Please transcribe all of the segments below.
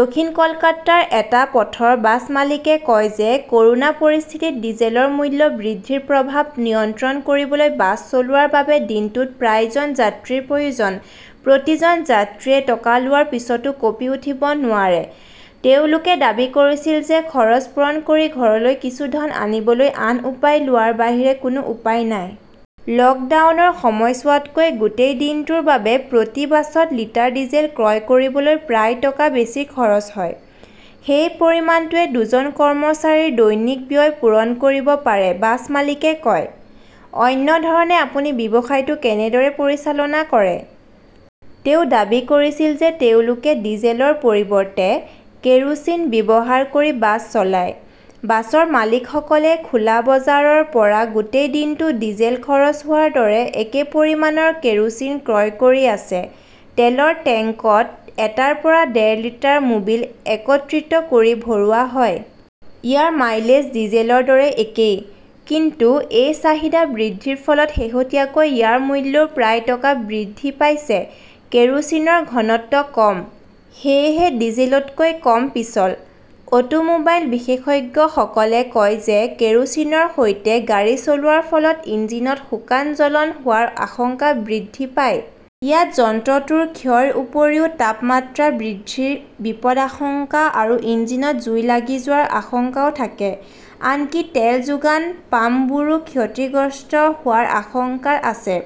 দক্ষিণ কলকাতাৰ এটা পথৰ বাছ মালিকে কয় যে কৰোনা পৰিস্থিতিত ডিজেলৰ মূল্য বৃদ্ধিৰ প্ৰভাৱ নিয়ন্ত্ৰণ কৰিবলৈ বাছ চলোৱাৰ বাবে দিনটোত প্ৰায়জন যাত্ৰীৰ প্ৰয়োজন। প্ৰতিজন যাত্ৰীয়ে টকা লোৱাৰ পিছতো কঁপি উঠিব নোৱাৰে। তেওঁলোকে দাবী কৰিছিল যে খৰচ পূৰণ কৰি ঘৰলৈ কিছু ধন আনিবলৈ আন উপায় লোৱাৰ বাহিৰে কোনো উপায় নাই। লকডাউনৰ সময়ছোৱাতকৈ গোটেই দিনটোৰ বাবে প্ৰতি বাছত লিটাৰ ডিজেল ক্ৰয় কৰিবলৈ প্ৰায় টকা বেছি খৰচ হয়। সেই পৰিমাণটোৱে দুজন কৰ্মচাৰীৰ দৈনিক ব্যয় পূৰণ কৰিব পাৰে বাছ মালিকে কয়। অন্য ধৰণে আপুনি ব্যৱসায়টো কেনেদৰে পৰিচালনা কৰে? তেওঁ দাবী কৰিছিল যে তেওঁলোকে ডিজেলৰ পৰিৱৰ্তে কেৰোচিন ব্যৱহাৰ কৰি বাছ চলায়। বাছৰ মালিকসকলে খোলা বজাৰৰ পৰা গোটেই দিনটো ডিজেল খৰচ হোৱাৰ দৰে একে পৰিমাণৰ কেৰোচিন ক্ৰয় কৰি আছে। তেলৰ টেংকত এটাৰ পৰা ডেৰ লিটাৰ মোবিল একত্ৰিত কৰি ভৰোৱা হয়। ইয়াৰ মাইলেজ ডিজেলৰ দৰে একে। কিন্তু এই চাহিদা বৃদ্ধিৰ ফলত শেহতীয়াকৈ ইয়াৰ মূল্যও প্ৰায় টকা বৃদ্ধি পাইছে। কেৰোচিনৰ ঘনত্ব কম। সেয়েহে ডিজেলতকৈ কম পিচল। অটোমোবাইল বিশেষজ্ঞসকলে কয় যে কেৰোচিনৰ সৈতে গাড়ী চলোৱাৰ ফলত ইঞ্জিনত শুকান জ্বলন হোৱাৰ আশংকা বৃদ্ধি পায়। ইয়াত যন্ত্ৰটোৰ ক্ষয়ৰ উপৰিও তাপমাত্ৰা বৃদ্ধিৰ বিপদাশংকা আৰু ইঞ্জিনত জুই লাগি যোৱাৰ আশংকাও থাকে। আনকি তেল যোগান পাম্পবোৰো ক্ষতিগ্ৰস্ত হোৱাৰ আশংকা আছে।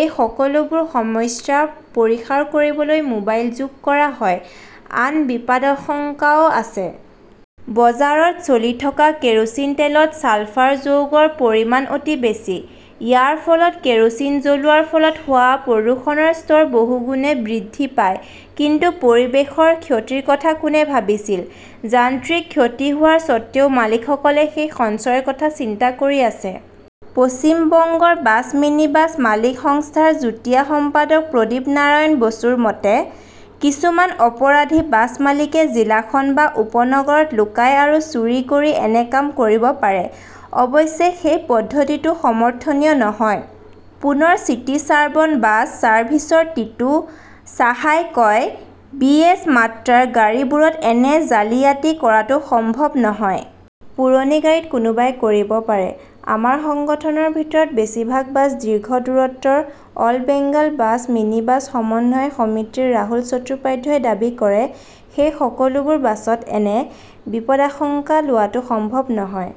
এই সকলোবোৰ সমস্যা পৰিহাৰ কৰিবলৈ মোবাইল যোগ কৰা হয়। আন বিপদাশংকাও আছে। বজাৰত চলি থকা কেৰোচিন তেলত ছালফাৰ যৌগৰ পৰিমাণ অতি বেছি। ইয়াৰ ফলত কেৰোচিন জ্বলোৱাৰ ফলত হোৱা প্ৰদূষণৰ স্তৰ বহুগুণে বৃদ্ধি পায়। কিন্তু পৰিৱেশৰ ক্ষতিৰ কথা কোনে ভাবিছিল ?যান্ত্ৰিক ক্ষতি হোৱাৰ স্বত্ত্বেও মালিকসকলে সেই সঞ্চয়ৰ কথা চিন্তা কৰি আছে। পশ্চিম বংগৰ বাছ-মিনিবাছ মালিক সংস্থাৰ যুটীয়া সম্পাদক প্ৰদীপনাৰায়ণ বসুৰ মতে, কিছুমান অপৰাধী বাছ মালিকে জিলাখন বা উপনগৰত লুকাই আৰু চুৰি কৰি এনে কাম কৰিব পাৰে। অৱশ্যে সেই পদ্ধতিটো সমৰ্থনীয় নহয়। পুনৰ চিটি ছাবৰ্ণ বাছ ছাৰ্ভিচৰ টিটু সাহাই কয় বিএছ- মাত্ৰাৰ গাড়ীবোৰত এনে জালিয়াতি কৰাটো সম্ভৱ নহয়। পুৰণি গাড়ীত কোনোবাই কৰিব পাৰে। আমাৰ সংগঠনৰ ভিতৰত বেছিভাগ বাছ দীৰ্ঘ দূৰত্বৰ ,অল বেংগল বাছ মিনিবাছ সমন্বয় সমিতিৰ ৰাহুল চট্টোপাধ্যায়ই দাবী কৰে। সেই সকলোবোৰ বাছত এনে বিপদাশংকা লোৱাটো সম্ভৱ নহয়।